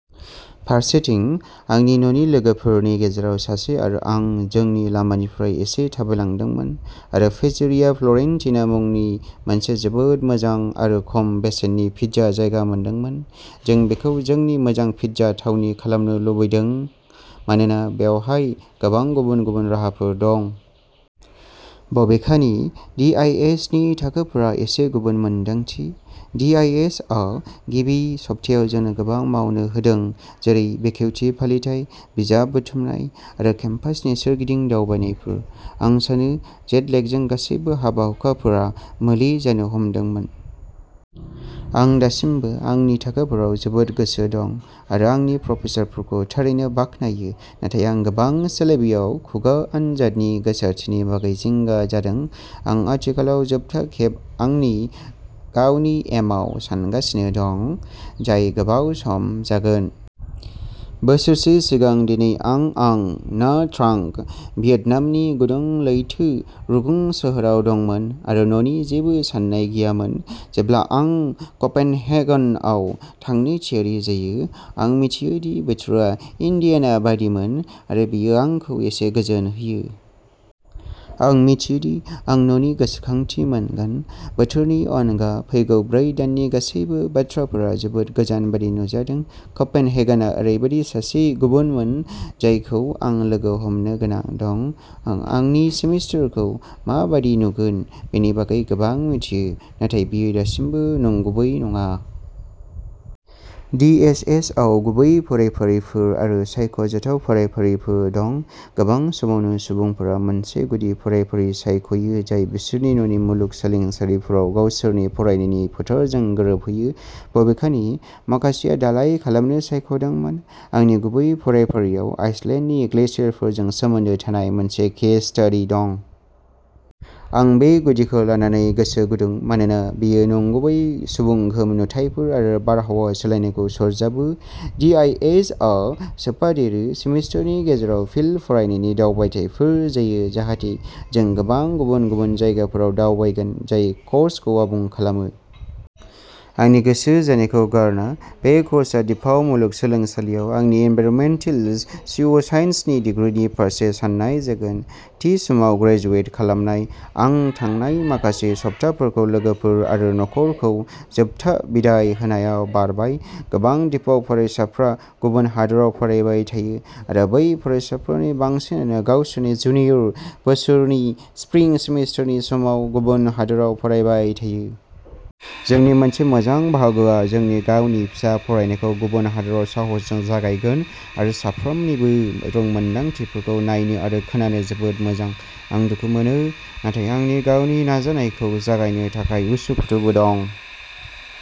फारसेथिं, आंनि न'नि लोगोफोरनि गेजेराव सासे आरो आं जोंनि लामानिफ्राय एसे थाबायलांदोंमोन आरो पिज्जेरिया फ्ल'रेन्टिना मुंनि मोनसे जोबोद मोजां आरो खम बेसेननि पिज्जा जायगा मोनदोंमोन। जों बेखौ जोंनि मोजां पिज्जा थावनि खालामनो लुबैदों मानोना बेवहाय गोबां गुबुन गुबुन राहाफोर दं। बबेखानि, डि. आइ. एस. नि थाखोफोरा एसे गुबुन मोन्दांथि। डि. आइ. एस. आ गिबि सप्तायाव जोंनो गोबां मावनो होदों जेरै बेखेवथि फालिथाइ, बिजाब बुथुमनाय आरो केम्पासनि सोरगिदिं दावबायनायफोर। आं सानो जेट लेगजों गासैबो हाबा-हुखाफोरा मोले जानो हमदोंमोन। आं दासिम आंनि थाखोफोराव जोबोद गोसो दं आरो आंनि प्रफेसारफोरखौ थारैनो बाख्नायो नाथाय आं गोबां सिलेबियाव खुगा आनजादनि गोसारथिनि बागै जिंगा जादों। आं आथिखालाव जोबथा खेब आंनि गावनि एमाव सानगासिनो दं, जाय गोबाव सम जागोन। बोसोरसे सिगां दिनै आं आं ना ट्रांग, भियेटनामनि गुदुं लैथो रुगुं सोहोराव दंमोन आरो न'नि जेबो साननाय गैयामोन। जेब्ला आं क'पेनहेगनआव थांनो थियारि जायो, आं मिथियो दि बोथोरा इन्डियाना बायदिमोन आरो बेयो आंखौ एसे गोजोनहोयो। आं मिथियो दि आं न'नि गोसोखांथि मोनगोन। बोथोरनि अनगा, फैगौ ब्रै दाननि गासैबो बाथ्राफोरा जोबोद गोजान बायदि नुजादों। क'पेनहेगनआ ओरैबायदि सासे गुबुनमोन जायखौ आं लोगो हमनो गोनां दं। आं आंनि सेमिस्टारखौ मा बायदि नुगोन बेनि बागै गोबां मिथियो, नाथाय बेयो दासिमबो नंगुबै नङा। डि. एस. एस. आव गुबै फरायफारिफोर आरो सायख'जाथाव फरायफारिफोर दं। गोबां समावनो सुबुंफोरा मोनसे गुदि फरायफारि सायख'यो जाय बिसोरनि न'नि मुलुगसोलोंसालिफोराव गावसोरनि फरायनायनि फोथारजों गोरोबहोयो। बबेखानि, माखासेया दालाइ खालामनो सायख'दोंमोन। आंनि गुबै फरायफारिआव आइसलेन्डनि ग्लेशियारफोरजों सोमोन्दो थानाय मोनसे केस स्टडि दं। आं बे गुदिखौ लानानै गोसो गुदुं मानोना बेयो नंगुबै सुबुं गोहोम नुथायफोर आरो बारहावा सोलायनायखौ सरजाबो। डि. आइ. एस. आ सोफादेरो। सेमिस्टारनि गेजेराव फिल्ड फरायनायनि दावबायथायफोर जायो, जाहाथे जों गोबां गुबुन-गुबुन जायगाफोराव दावबायगोन जाय कर्सखौ आबुं खालामो। आंनि गोसो जानायखौ गारना, बे कर्सआ डिपाउ मुलुगसोलोंसालियाव आंनि एनभाइरनमेन्टेल जिय'साइन्सनि दिग्रिनि फारसे साननाय जागोन। थि समाव ग्रेजुवेट खालामनाय आं थांनाय माखासे सप्ताफोरखौ लोगोफोर आरो नखरखौ जोबथा बिदाइ होनायाव बारबाय। गोबां डिपाउ फरायसाफ्रा गुबुन हादोराव फरायबाय थायो आरो बै फरायसाफोरनि बांसिनानो गावसोरनि जुनियर बोसोरनि स्प्रिं सेमिस्टारनि समाव गुबुन हादोराव फरायबाय थायो। जोंनि मोनसे मोजां बाहागोआ जोंनि गावनि फिसा फरायनायखौ गुबुन हादोराव साहसजों जागायगोन आरो साफ्रोमनिबो रोंमोनदांथिफोरखौ नायनो आरो खोनानो जोबोद मोजां। आं दुखु मोनो, नाथाय आंनि गावनि नाजानायखौ जागायनो थाखाय उसुखुथुबो दं।